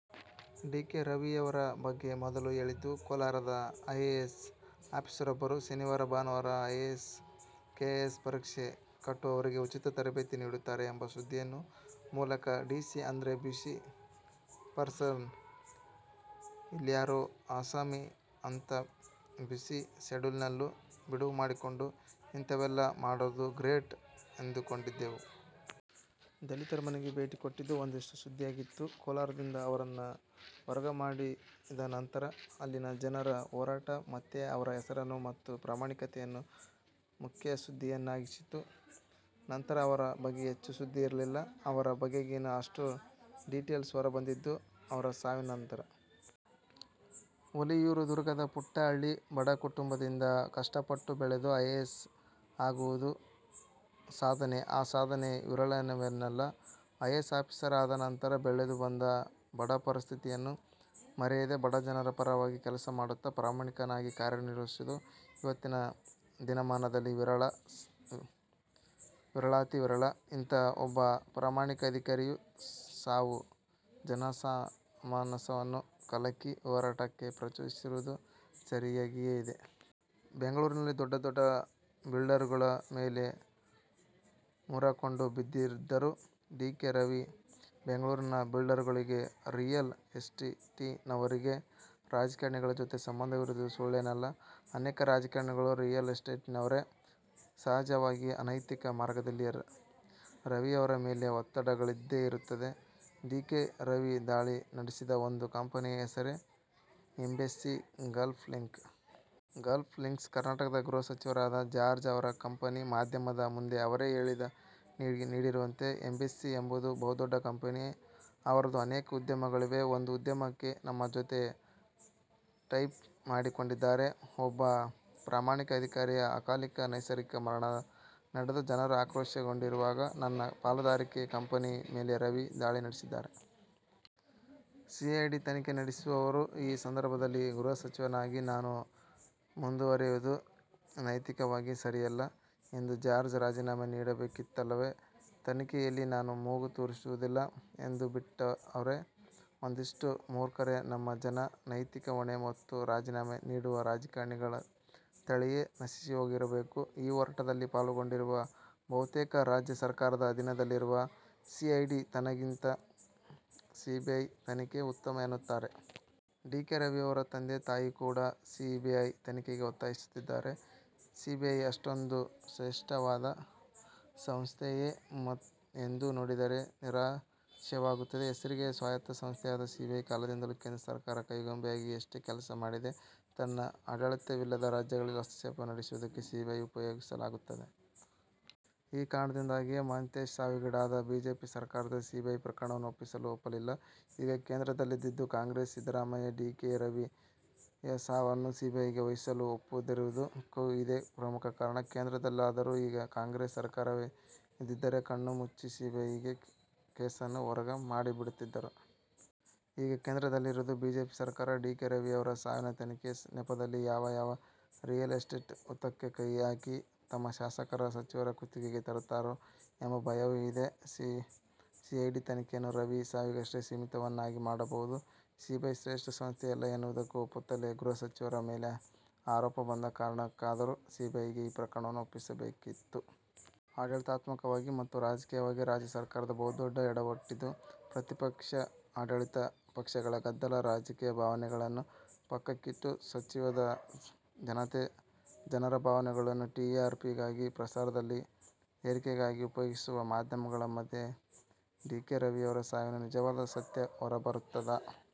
D. K. ರವಿಯವರ ಬಗ್ಗೆ ಮೊದಲು ಕೇಳಿದ್ದು ಕೋಲಾರದ ಐಎಎಸ್ ಆಫೀಸರ್ರೊಬ್ಬರು ಶನಿವಾರ ಭಾನುವಾರ ಐಎಎಸ್ ಕೆಎಎಸ್ ಪರೀಕ್ಷೆ ಕಟ್ಟುವವರಿಗೆ ಉಚಿತ ತರಬೇತಿ ನೀಡುತ್ತಾರೆ ಎಂಬ ಸುದ್ದಿಯ ಮೂಲಕ. ಡಿಸಿ ಅಂದ್ರೆ ಬ್ಯುಸಿ ಪರ್ಸನ್, ಇಲ್ಯಾರೋ ಆಸಾಮಿ ಅಂಥ ಬ್ಯುಸಿ ಶೆಡ್ಯೂಲಿನಲ್ಲೂ ಬಿಡುವು ಮಾಡಿಕೊಂಡು ಇಂತವೆಲ್ಲ ಮಾಡೋದು ಗ್ರೇಟ್ ಎಂದುಕೊಂಡಿದ್ದೆವು. ದಲಿತರ ಮನೆಗೆ ಭೇಟಿ ಕೊಟ್ಟದ್ದು ಒಂದಷ್ಟು ಸುದ್ದಿಯಾಗಿತ್ತು. ಕೋಲಾರದಿಂದ ಅವರನ್ನು ವರ್ಗ ಮಾಡಿದ ನಂತರ ಅಲ್ಲಿನ ಜನರ ಹೋರಾಟ ಮತ್ತೆ ಅವರ ಹೆಸರನ್ನು ಮತ್ತು ಪ್ರಾಮಾಣಿಕತೆಯನ್ನು ಮುಖ್ಯಸುದ್ದಿಯನ್ನಾಗಿಸಿತ್ತು. ನಂತರ ಅವರ ಬಗ್ಗೆ ಹೆಚ್ಚು ಸುದ್ದಿಯಿರಲಿಲ್ಲ. ಅವರ ಬಗೆಗಿನ ಅಷ್ಟೂ ಡೀಟೇಲ್ಸ್ ಹೊರಬಂದಿದ್ದು ಅವರ ಸಾವಿನ ನಂತರ. ಹುಲಿಯೂರುದುರ್ಗದ ಪುಟ್ಟ ಹಳ್ಳಿಯ ಬಡಕುಟುಂಬದಿಂದ ಕಷ್ಟಪಟ್ಟು ಬೆಳೆದು ಐಎಎಸ್ ಮಾಡುವುದು ಸಾಧನೆ, ಆ ಸಾಧನೆ ವಿರಳವೇನಲ್ಲ. ಐಎಎಸ್ ಆಫೀಸರ್ ಆದ ನಂತರ ಬೆಳೆದು ಬಂದ ಬಡಪರಿಸ್ಥಿತಿಯನ್ನು ಮರೆಯದೆ ಬಡಜನರ ಪರವಾಗಿ ಕೆಲಸ ಮಾಡುತ್ತ ಪ್ರಾಮಾಣಿಕನಾಗಿ ಕಾರ್ಯನಿರ್ವಹಿಸುವುದು ಇವತ್ತಿನ ದಿನಮಾನದಲ್ಲಿ ವಿರಳಾತಿ ವಿರಳ. ಇಂಥ ಒಬ್ಬ ಪ್ರಾಮಾಣಿಕ ಅಧಿಕಾರಿಯ ಸಾವು ಜನಮಾನಸವನ್ನು ಕಲಕಿ ಹೋರಾಟಕ್ಕೆ ಪ್ರಚೋದಿಸಿರುವುದು ಸರಿಯಾಗಿಯೇ ಇದೆ. ಬೆಂಗಳೂರಿನಲ್ಲಿ ದೊಡ್ಡ ದೊಡ್ಡ ಬಿಲ್ಡರುಗಳ ಮೇಲೆ ಮುರಕೊಂಡು ಬಿದ್ದಿದ್ದರು ಡಿ. ಕೆ. ರವಿ. ಬೆಂಗಳೂರಿನ ಬಿಲ್ಡರುಗಳಿಗೆ, ರಿಯಲ್ ಎಸ್ಟೇಟಿನವರಿಗೆ ರಾಜಕಾರಣಿಗಳ ಜೊತೆ ಸಂಬಂಧವಿರುವುದು ಸುಳ್ಳೇನಲ್ಲ. ಅನೇಕ ರಾಜಕಾರಣಿಗಳೂ ರಿಯಲ್ ಎಸ್ಟೇಟಿನವರೇ. ಸಹಜವಾಗಿ ಅನೈತಿಕ ಮಾರ್ಗದಲ್ಲಿ ರವಿಯವರ ಮೇಲೆ ಒತ್ತಡಗಳಿದ್ದೇ ಇರುತ್ತದೆ. ಡಿ. ಕೆ. ರವಿ ದಾಳಿ ನಡೆಸಿದ ಒಂದು ಕಂಪನಿಯ ಹೆಸರು Embassy Gulf Link. Gulf Links ಕರ್ನಾಟಕದ ಗೃಹಸಚಿವರಾದ ಜಾರ್ಜ್ ರವರ ಕಂಪನಿ. ಮಾಧ್ಯಮದ ಮುಂದೆ ಅವರೇ ಹೇಳಿಕೆ ನೀಡಿರುವಂತೆ 'ಎಂಬೆಸ್ಸಿ ಎಂಬುದು ಬಹುದೊಡ್ಡ ಕಂಪನಿ. ಅವರದು ಅನೇಕ ಉದ್ಯಮಗಳಿವೆ. ಒಂದು ಉದ್ಯಮಕ್ಕೆ ನಮ್ಮ ಜೊತೆ ಟೈಅಪ್ ಮಾಡಿಕೊಂಡಿದ್ದಾರೆ'. ಒಬ್ಬ ಪ್ರಾಮಾಣಿಕ ಅಧಿಕಾರಿಯ ಅಕಾಲಿಕ ಅನೈಸರ್ಗಿಕ ಮರಣ ನಡೆದು ಜನರು ಆಕ್ರೋಶಗೊಂಡಿರುವಾಗ 'ನನ್ನ ಪಾಲುದಾರಿಕೆಯ ಕಂಪನಿಯ ಮೇಲೆ ರವಿ ದಾಳಿ ನಡೆಸಿದ್ದಾರೆ. ಸಿಐಡಿ ತನಿಖೆ ನಡೆಯುವ ಈ ಸಂದರ್ಭದಲ್ಲಿ ಗೃಹಸಚಿವನಾಗಿ ನಾನು ಮುಂದುವರೆಯುವುದು ನೈತಿಕವಾಗಿ ಸರಿಯಲ್ಲ' ಎಂದು ಜಾರ್ಜ್ ರಾಜೀನಾಮೆ ನೀಡಬೇಕಿತ್ತಲ್ಲವೇ? ತನಿಖೆಯಲ್ಲಿ ನಾನು ಮೂಗು ತೂರಿಸುವುದಿಲ್ಲ ಎಂದುಬಿಟ್ಟರೆ ನಂಬುವಷ್ಟು ಮೂರ್ಖರೇ ನಮ್ಮ ಜನ. ನೈತಿಕ ಹೊಣೆ ಹೊತ್ತು ರಾಜೀನಾಮೆ ನೀಡುವ ರಾಜಕಾರಣಿಗಳ ತಳಿಯೇ ನಶಿಸಿಹೋಗಿರಬೇಕು. ಈ ಹೋರಾಟದಲ್ಲಿ ಪಾಲ್ಗೊಂಡಿರುವ ಬಹುತೇಕರು ರಾಜ್ಯ ಸರಕಾರದ ಅಧೀನದಲ್ಲಿರುವ ಸಿಐಡಿ ತನಿಖೆಗಿಂತ ಸಿಬಿಐ ತನಿಖೆ ಉತ್ತಮ ಎನ್ನುತ್ತಾರೆ. ಡಿ. ಕೆ. ರವಿಯವರ ತಂದೆ ತಾಯಿ ಕೂಡ ಸಿಬಿಐ ತನಿಖೆಗೆ ಒತ್ತಾಯಿಸುತ್ತಿದ್ದಾರೆ. ಸಿಬಿಐ ಅಷ್ಟೊಂದು ಶ್ರೇಷ್ಟವಾದ ಸಂಸ್ಥೆಯೇ ಎಂದು ನೋಡಿದರೆ ನಿರಾಶೆಯಾಗುತ್ತದೆ. ಹೆಸರಿಗೆ ಸ್ವಾಯತ್ತ ಸಂಸ್ಥೆಯಾದ ಸಿಬಿಐ ಕಾಲದಿಂದಲೂ ಕೇಂದ್ರ ಸರಕಾರದ ಕೈಗೊಂಬೆಯಾಗಿಯಷ್ಟೇ ಕೆಲಸ ಮಾಡಿದೆ. ತನ್ನ ಆಡಳಿತವಿಲ್ಲದ ರಾಜ್ಯಗಳಲ್ಲಿ ಹಸ್ತಕ್ಷೇಪ ನಡೆಸುವುದಕ್ಕೆ ಸಿಬಿಐ ಉಪಯೋಗಿಸಲಾಗುತ್ತಿದೆ. ಈ ಕಾರಣದಿಂದಾಗಿಯೇ ಮಹಂತೇಶ್ ಸಾವಿಗೀಡಾದಾಗ ಬಿಜೆಪಿ ಸರಕಾರ ಸಿಬಿಐಗೆ ಪ್ರಕರಣವನ್ನು ಒಪ್ಪಿಸಲು ಒಪ್ಪಲಿಲ್ಲ. ಆಗ ಕೇಂದ್ರದಲ್ಲಿದ್ದಿದ್ದು ಕಾಂಗ್ರೆಸ್! ಸಿದ್ಧರಾಮಯ್ಯ ಡಿ. ಕೆ. ರವಿಯ ಸಾವನ್ನು ಸಿಬಿಐಗೆ ವಹಿಸಲು ಒಪ್ಪದಿರುವುದಕ್ಕೂ ಇದೇ ಪ್ರಮುಖ ಕಾರಣ. ಕೇಂದ್ರದಲ್ಲೇನಾದರೂ ಈಗ ಕಾಂಗ್ರೆಸ್ ಸರಕಾರವೇ ಇದ್ದಿದ್ದರೆ ಕಣ್ಣುಮುಚ್ಚಿ ಸಿಬಿಐಗೆ ಕೇಸನ್ನು ವರ್ಗ ಮಾಡಿಬಿಡುತ್ತಿದ್ದರು. ಈಗ ಕೇಂದ್ರದಲ್ಲಿರುವುದು ಬಿಜೆಪಿ ಸರಕಾರ. ಡಿ. ಕೆ. ರವಿಯವರ ಸಾವಿನ ತನಿಖೆಯ ನೆಪದಲ್ಲಿ ಯಾವ ಯಾವ ರಿಯಲ್ ಎಸ್ಟೇಟ್ ಹುತ್ತಕ್ಕೆ ಕೈ ಹಾಕಿ ತಮ್ಮ ಶಾಸಕರ, ಸಚಿವರ ಕುತ್ತಿಗೆಗೆ ತರುತ್ತಾರೋ ಎಂಬ ಭಯವೂ ಇದೆ. ಸಿಐಡಿ ತನಿಖೆಯನ್ನು ರವಿಯ ಸಾವಿಗಷ್ಟೇ ಸೀಮಿತವನ್ನಾಗಿ ಮಾಡಬಹುದು. ಸಿಬಿಐ ಶ್ರೇಷ್ಟ ಸಂಸ್ಥೆಯಲ್ಲ ಎನ್ನುವುದುನ್ನು ಒಪ್ಪುತ್ತಲೇ ಗೃಹಸಚಿವರ ಮೇಲೆ ಆರೋಪ ಬಂದ ಕಾರಣಕ್ಕಾದರೂ ಸಿಬಿಐಗೆ ಈ ಪ್ರಕರಣವನ್ನು ಒಪ್ಪಿಸಬೇಕಿತ್ತು. ಆಡಳಿತಾತ್ಮಕವಾಗಿ ಮತ್ತು ರಾಜಕೀಯವಾಗಿ ರಾಜ್ಯ ಸರಕಾರದ ಬಹುದೊಡ್ಡ ಎಡವಟ್ಟಿದು. ಪ್ರತಿಪಕ್ಷ – ಆಡಳಿತ ಪಕ್ಷಗಳ ಗದ್ದಲದ ರಾಜಕೀಯ, ಭಾವನೆಗಳನ್ನು ಪಕ್ಕಕ್ಕಿಟ್ಟು ಯೋಚಿಸದ ಜನತೆ, ಜನರ ಭಾವನೆಗಳನ್ನು ಟಿ. ಆರ್. ಪಿಗಾಗಿ, ಪ್ರಸಾರದಲ್ಲಿ ಏರಿಕೆಗಾಗಿ ಉಪಯೋಗಿಸುವ ಮಾಧ್ಯಮಗಳ ಮಧ್ಯೆ ಡಿ. ಕೆ. ರವಿಯವರ ಸಾವಿನ ನಿಜವಾದ ಸತ್ಯ ಹೊರಬರುತ್ತದಾ?